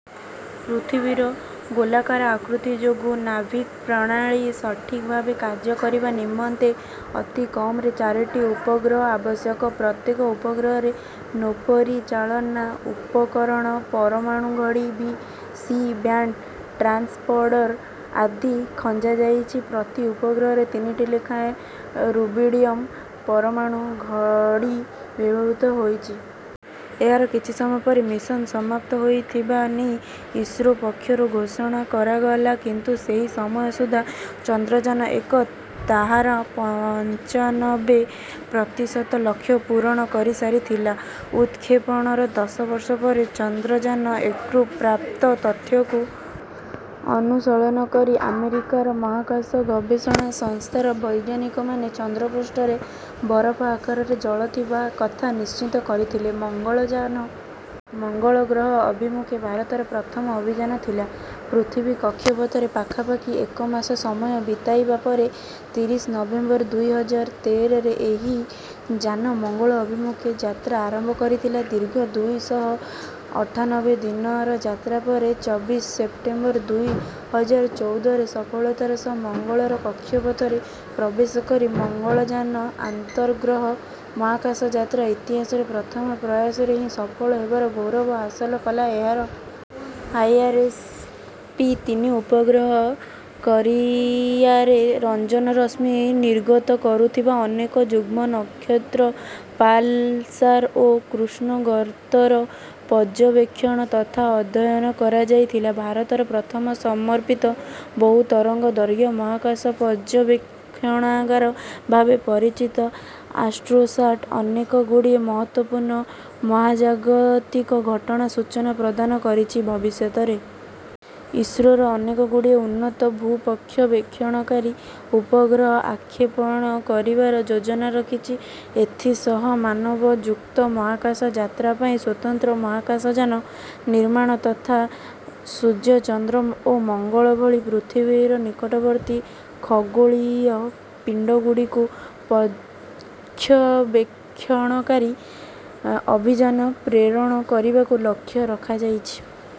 ପୃଥିବୀର ଗୋଲାକାର ଆକୃତି ଯୋଗୁଁ ନାଭିକ୍ ପ୍ରଣାଳୀ ସଠିକ୍ ଭାବେ କାର୍ଯ୍ୟ କରିବା ନିମନ୍ତେ ଅତି କମରେ ଚାରିଟି ଉପଗ୍ରହ ଆବଶ୍ୟକ। ପ୍ରତ୍ୟେକ ଉପଗ୍ରହରେ ନୌପରିଚାଳନା ଉପକରଣ, ପରମାଣୁ ଘଡ଼ି, ସି ବ୍ୟାଣ୍ଡ ଟ୍ରାନ୍ସପଣ୍ଡର ଆଦି ଖଞ୍ଜାଯାଇଛି। ପ୍ରତି ଉପଗ୍ରହରେ ତିନିଟି ଲେଖାଏଁ ରୁବିଡିୟମ୍ ପରମାଣୁ ଘଡ଼ି ବ୍ୟବହୃତ ହୋଇଛି। ଏହାର କିଛି ସମୟ ପରେ ମିଶନ୍ ସମାପ୍ତ ହୋଇଥିବା ନେଇ ଇସ୍ରୋ ପକ୍ଷରୁ ଘୋଷଣା କରାଗଲା କିନ୍ତୁ ସେହି ସମୟ ସୁଦ୍ଧା ଚନ୍ଦ୍ରଯାନ ଏକ ତାହାର ପଞ୍ଚାନବେ ପ୍ରତିଶତ ଲକ୍ଷ୍ୟ ପୂରଣ କରିସାରିଥିଲା। ଉତ୍‌କ୍ଷେପଣର ଦଶ ବର୍ଷ ପରେ ଚନ୍ଦ୍ରଯାନ ଏକରୁ ପ୍ରାପ୍ତ ତଥ୍ୟକୁ ଅନୁଶୀଳନ କରି ଆମେରିକାର ମହାକାଶ ଗବେଷଣା ସଂସ୍ଥାର ବୈଜ୍ଞାନିକମାନେ ଚନ୍ଦ୍ରପୃଷ୍ଠରେ ବରଫ ଆକାରରେ ଜଳ ଥିବା କଥା ନିଶ୍ଚିତ କରିଥିଲେ। ମଙ୍ଗଳଯାନ ମଙ୍ଗଳ ଗ୍ରହ ଅଭିମୁଖେ ଭାରତର ପ୍ରଥମ ଅଭିଯାନ ଥିଲା। ପୃଥିବୀ କକ୍ଷପଥରେ ପାଖାପାଖି ଏକ ମାସ ସମୟ ବିତାଇବା ପରେ ତିରିଶ ନଭେମ୍ବର ଦୁଇ ହଜାର ତେରରେ ଏହି ଯାନ ମଙ୍ଗଳ ଅଭିମୁଖେ ଯାତ୍ରା ଆରମ୍ଭ କରିଥିଲା। ଦୀର୍ଘ ଦୁଇ ଶହ ଅଠାନବେ ଦିନର ଯାତ୍ରା ପରେ ଚବିଶ ସେପ୍ଟେମ୍ବର ଦୁଇ ହଜାର ଚଉଦରେ ସଫଳତାର ସହ ମଙ୍ଗଳର କକ୍ଷପଥରେ ପ୍ରବେଶ କରି ମଙ୍ଗଳଯାନ ଆନ୍ତର୍ଗ୍ରହ ମହାକାଶ ଯାତ୍ରା ଇତିହାସରେ ପ୍ରଥମ ପ୍ରୟାସରେ ହିଁ ସଫଳ ହେବାର ଗୌରବ ହାସଲ କଲା। ଏହାର ଆଇଆର୍‌ଏସ୍ ପି ତିନି ଉପଗ୍ରହ କରିଆରେ ରଞ୍ଜନ ରଶ୍ମି ନିର୍ଗତ କରୁଥିବା ଅନେକ ଯୁଗ୍ମ ନକ୍ଷତ୍ର, ପାଲସାର୍ ଓ କୃଷ୍ଣଗର୍ତ୍ତର ପର୍ଯ୍ୟବେକ୍ଷଣ ତଥା ଅଧ୍ୟୟନ କରାଯାଇଥିଲା। ଭାରତର ପ୍ରଥମ ସମର୍ପିତ ବହୁ ତରଙ୍ଗଦୈର୍ଘ୍ୟ ମହାକାଶ ପର୍ଯ୍ୟବେକ୍ଷଣାଗାର ଭାବେ ପରିଚିତ ଆଷ୍ଟ୍ରୋସାଟ୍ ଅନେକଗୁଡ଼ିଏ ମହତ୍ତ୍ୱପୂର୍ଣ୍ଣ ମହାଜାଗତିକ ଘଟଣା ସୂଚନା ପ୍ରଦାନ କରିଛି। ଭବିଷ୍ୟତରେ ଇସ୍ରୋର ଅନେକଗୁଡ଼ିଏ ଉନ୍ନତ ଭୂପକ୍ଷ୍ୟବେକ୍ଷଣକାରୀ ଉପଗ୍ରହ ପ୍ରକ୍ଷେପଣ କରିବାର ଯୋଜନା ରହିଛି। ଏଥିସହ ମାନବଯୁକ୍ତ ମହାକାଶ ଯାତ୍ରା ପାଇଁ ସ୍ୱତନ୍ତ୍ର ମହାକାଶଯାନ ନିର୍ମାଣ ତଥା ସୂର୍ଯ୍ୟ, ଚନ୍ଦ୍ର ଓ ମଙ୍ଗଳ ଭଳି ପୃଥିବୀର ନିକଟବର୍ତ୍ତୀ ଖଗୋଳୀୟ ପିଣ୍ଡଗୁଡ଼ିକୁ ପର୍ଯ୍ୟବେକ୍ଷଣକାରୀ ଅଭିଯାନ ପ୍ରେରଣ କରିବାକୁ ଲକ୍ଷ୍ୟ ରଖାଯାଇଛି।